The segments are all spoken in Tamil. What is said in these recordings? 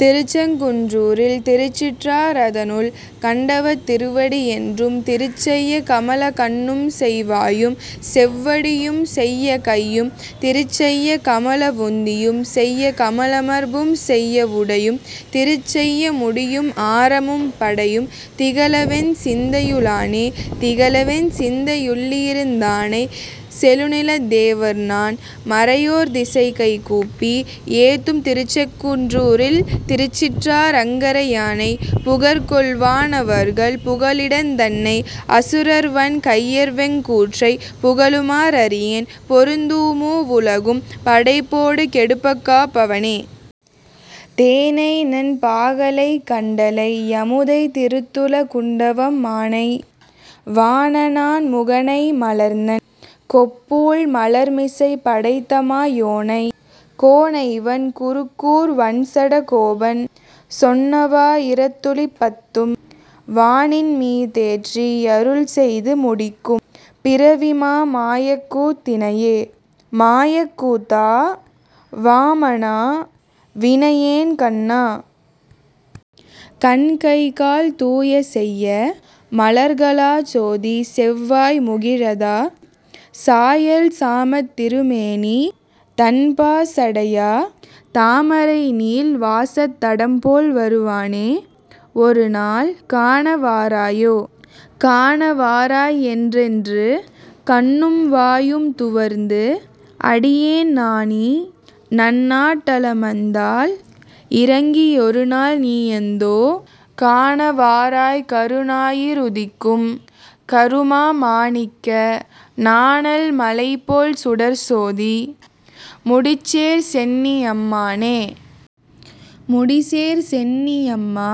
திருச்செங்குன் றூரில் திருச்சிற்றா றதனுள் கண்டவத் திருவடி யென்றும், திருச்செய்ய கமலக் கண்ணூம்செவ் வாயும் செவ்வடி யும்செய்ய கையும், திருச்செய்ய கமல வுந்தியும் செய்ய கமலமார் பும்செய்ய வுடையும், திருச்செய்ய முடியும் ஆரமும் படையும் திகழவென் சிந்தையு ளானே.. திகழவென் சிந்தை யுள்ளிருந் தானைச் செழுநிலத் தேவர்நான் மறையோர், திசைகைகூப்பி யேத்தும் திருச்செங்குன் றூரில் திருச்சிற்றா றங்கரை யானை, புகர்கொள்வா னவர்கள் புகலிடந் தன்னை அசுரர்வன் கையர்வெங் கூற்றை, புகழுமா றறியேன் பொருந்துமூ வுலகும் படைப்பொடு கெடுப்புக்காப் பவனே.. தேனைநன் பாலைக் கன்னலை யமுதைத் திருந்துல குண்டவம் மானை, வானநான் முகனை மலர்ந்தண் கொப்பூழ் மலர்மிசைப் படைத்தமா யோனை, கோனைவண் குருகூர்ச் வண்சட கோபன் சொன்னவா யிரத்துளிப் பத்தும், வானின்மீ தேற்றி யருள்செய்து முடிக்கும் பிறவிமா மாயக்கூத் தினையே. மாயக் கூத்தா. வாமனா. வினையேன் கண்ணா. கண்கைகால் தூய செய்ய மலர்களாச் சோதிச் செவ்வாய் முகிழதா, சாயல் சாமத் திருமேனி தண்பா சடையா, தாமரைநீள் வாசத் தடம்போல் வருவானே. ஒருநாள் காண வாராயே.. காண வாராய் என்றென்று கண்ணும் வாயும் துவர்ந்து, அடியேன் நாணி நன்னாட் டலமந்தால் இரங்கி யொருநாள் நீயந்தோ, காண வாராய் கருநாயி றுதிக்கும் கருமா மாணிக்க, நாணல் மலைபோல் சுடர்ச்சோதி முடிசேர் சென்னி யம்மானே.. முடிசேர் சென்னி யம்மா.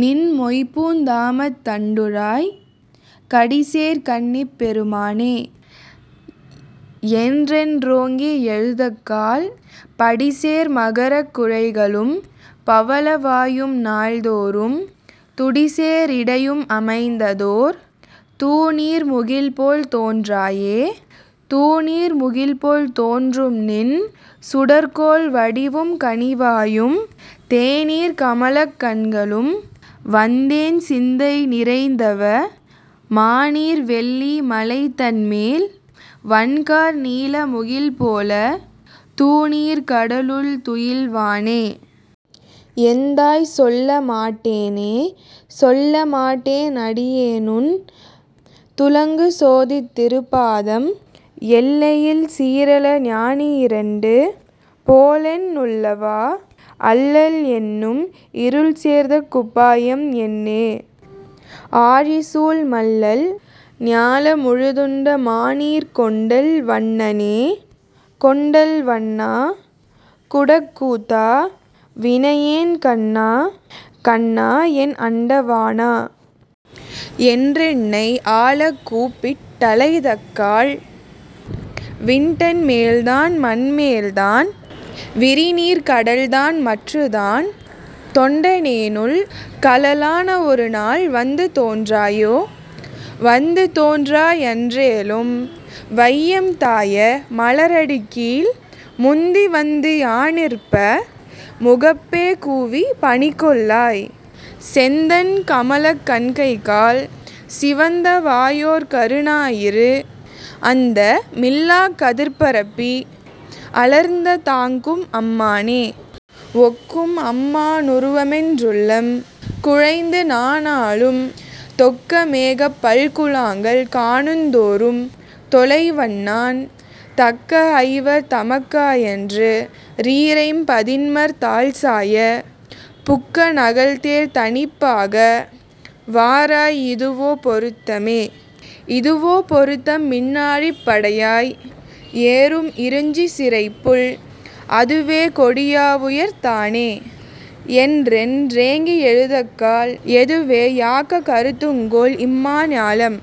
நின் மொய்பூந் தாமத் தண்டுழாய், கடிசேர் கண்ணிப் பெருமானே. என்றென் றேங்கி யழுதக்கால், படிசேர் மகரக் குழைகளும் பவள வாயும் நால்தோளும், துடிசே ரிடையும் அமைந்ததோர் தூநீர் முகில்போல் தோன்றாயே.. தூநீர் முகில்போல் தோன்றும்நின் சுடர்க்கொள் வடிவும் கனிவாயும், தேநீர்க் கமலக் கண்களும் வந்தென் சிந்தை நிறைந்தவா, மாநீர் வெள்ளீ மலைதன்மேல் வண்கார் நீல முகில்போல, தூநீர்க் கடலுள் துயில்வானே. எந்தாய். சொல்ல மாட்டேனே.. சொல்ல மாட்டேன் அடியேனுன் துளங்கு சோதித் திருப்பாதம், எல்லை யில்சீ ரிளஞாயி றிரண்டு போலென் னுள்ளவா., அல்லல் என்னும் இருள்சேர்தற் குபாயம் என்னே?, ஆழிசூழ் மல்லல் ஞால முழுதுண்ட மாநீர்க் கொண்டல் வண்ணனே.. கொண்டல் வண்ணா. குடக்கூத்தா. வினையேன் கண்ணா. கண்ணா, என் அண்ட வாணா. என்றென்னை ஆளக் கூப்பிட் டழைத்தக்கால், விண்டன் மேல்தான் மண்மேல்தான் விரிநீர்க் கடல்தான் மற்றுத்தான், தொண்ட னேனுள் கழல்லாண ஒருநாள் வந்து தோன்றாயே.. வந்து தோன்றா யன்றேலுன் வையம் தாய மலரடிக்கீழ், முந்தி வந்து யான்நிற்ப முகப்பே கூவிப் பணிகொள்ளாய், செந்தண் கமலக் கண்கைகால் சிவந்த வாயோர் கருநாயிறு, அந்த மில்லாக் கதிர்பரப்பி அலர்ந்த தொக்கும் அம்மானே.. ஒக்கும் அம்மா னுருவமென் றுள்ளம் குழைந்து நாணாளும், தொக்க மேகப் பல்குழாங்கள் காணுந் தோறும் தொலைவன்நான், தக்க ஐவர் தமக்காயன்று றீரைம் பதின்மர் தாள்சாய, புக்க நல்தேர்த் தனிப்பாகா. வாராய் இதுவோ பொருத்தமே?. இதுவோ பொருத்தம் மின்னாழிப் படையாய். ஏறும் இருஞ்சிசிறைப்புள், அதுவே கொடியா வுயர்த்தானே. என்றென் றேங்கி யழுதக்கால், எதுவே யாகக் கருதுங்கொல் இம்மா ஞாலம்